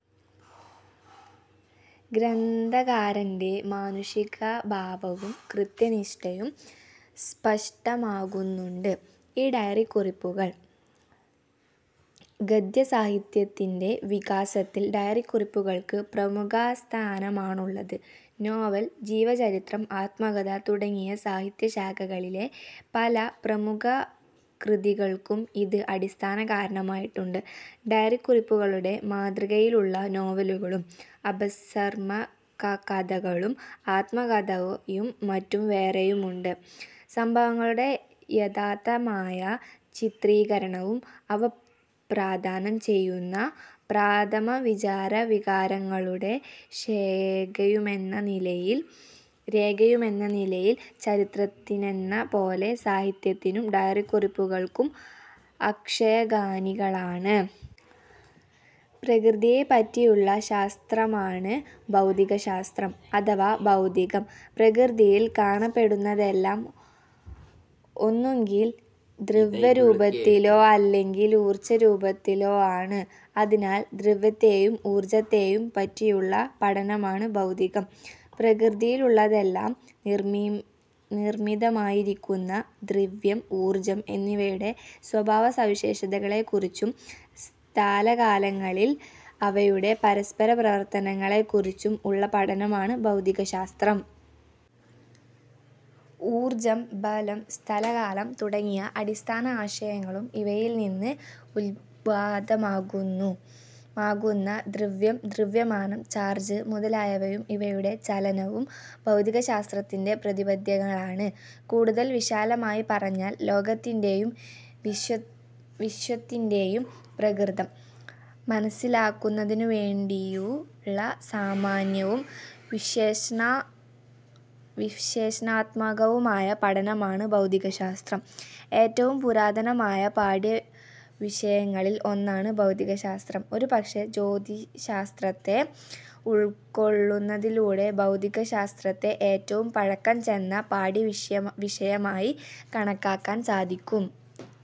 ഗ്രന്ഥകാരന്റെ മാനുഷികഭാവവും കൃത്യനിഷ്ഠയും സ്പഷ്ടമാക്കുന്നുണ്ട് ഈ ഡയറിക്കുറിപ്പുകൾ. ഗദ്യസാഹിത്യത്തിന്റെ വികാസത്തിൽ ഡയറിക്കുറിപ്പുകൾക്ക് പ്രമുഖസ്ഥാനമാണുള്ളത്. നോവൽ, ജീവചരിത്രം, ആത്മകഥ തുടങ്ങിയ സാഹിത്യ ശാഖകളിലെ പല പ്രമുഖകൃതികൾക്കും ഇത് അടിസ്ഥാന കാരണമായിട്ടുണ്ട്. ഡയറിക്കുറിപ്പുകളുടെ മാതൃകയിലുള്ള നോവലുകളും അപസർമ്മകകഥകളും ആത്മകഥയും മറ്റും വേറെയുമുണ്ട്. സംഭവങ്ങളുടെ യഥാതഥമായ ചിത്രീകരണവും അവ പ്രാദാനം ചെയ്യുന്ന പ്രാഥമ വിചാര വികാരങ്ങളുടെ രേഖയുമെന്ന നിലയിൽ ചരിത്രത്തിനെന്ന പോലെ സാഹിത്യത്തിനും ഡയറിക്കുറിപ്പുകൾക്കും അക്ഷയഖനികളാണ്. പ്രകൃതിയെപ്പറ്റിയുള്ള ശാസ്ത്രമാണ് ഭൗതികശാസ്ത്രം അഥവാ ഭൗതികം. പ്രകൃതിയിൽ കാണപ്പെടുന്നതെല്ലാം ഒന്നുകിൽ ദ്രവ്യരൂപത്തിലോ അല്ലെങ്കിൽ ഊർജരൂപത്തിലോ ആണ്. അതിനാൽ ദ്രവ്യത്തെയും ഊർജ്ജത്തെയും പറ്റിയുള്ള പഠനമാണ് ഭൗതികം. പ്രകൃതിയിലുള്ളതെല്ലാം നിർമ്മിതമായിരിക്കുന്ന ദ്രവ്യം, ഊർജം എന്നിവയുടെ സ്വഭാവ സവിശേഷതകളെ കുറിച്ചും, സ്ഥാലകാലങ്ങളിൽ അവയുടെ പരസ്പര പ്രവർത്തനങ്ങളെ കുറിച്ചും ഉള്ള പഠനമാണ് ഭൗതികശാസ്ത്രം. ഊർജം, ബലം, സ്ഥലകാലം തുടങ്ങിയ അടിസ്ഥാന ആശയങ്ങളും ഇവയിൽനിന്ന് ഉത്ഭൂതമാകുന്ന ദ്രവ്യം, ദ്രവ്യമാനം, ചാർജ് മുതലായവയും ഇവയുടെ ചലനവും ഭൗതികശാസ്ത്രത്തിന്റെ പ്രതിപാദ്യങ്ങളാണ്. കൂടുതൽ വിശാലമായി പറഞ്ഞാൽ, ലോകത്തിന്റെയും വിശ്വത്തിന്റെയും പ്രകൃതം മനസ്സിലാക്കുന്നതിനുവേണ്ടിയുള്ള സാമാന്യവും വിശ്ലേഷണാത്മകവുമായ പഠനമാണ് ഭൗതികശാസ്ത്രം. ഏറ്റവും പുരാതനമായ പാഠ്യവിഷയങ്ങളിൽ ഒന്നാണ് ഭൗതികശാസ്ത്രം. ഒരുപക്ഷേ, ജ്യോതിശാസ്ത്രത്തെ ഉൾക്കൊള്ളുന്നതിലൂടെ ഭൗതികശാസ്ത്രത്തെ ഏറ്റവും പഴക്കം ചെന്ന പാഠ്യവിഷയമായി കണക്കാക്കാൻ സാധിക്കും.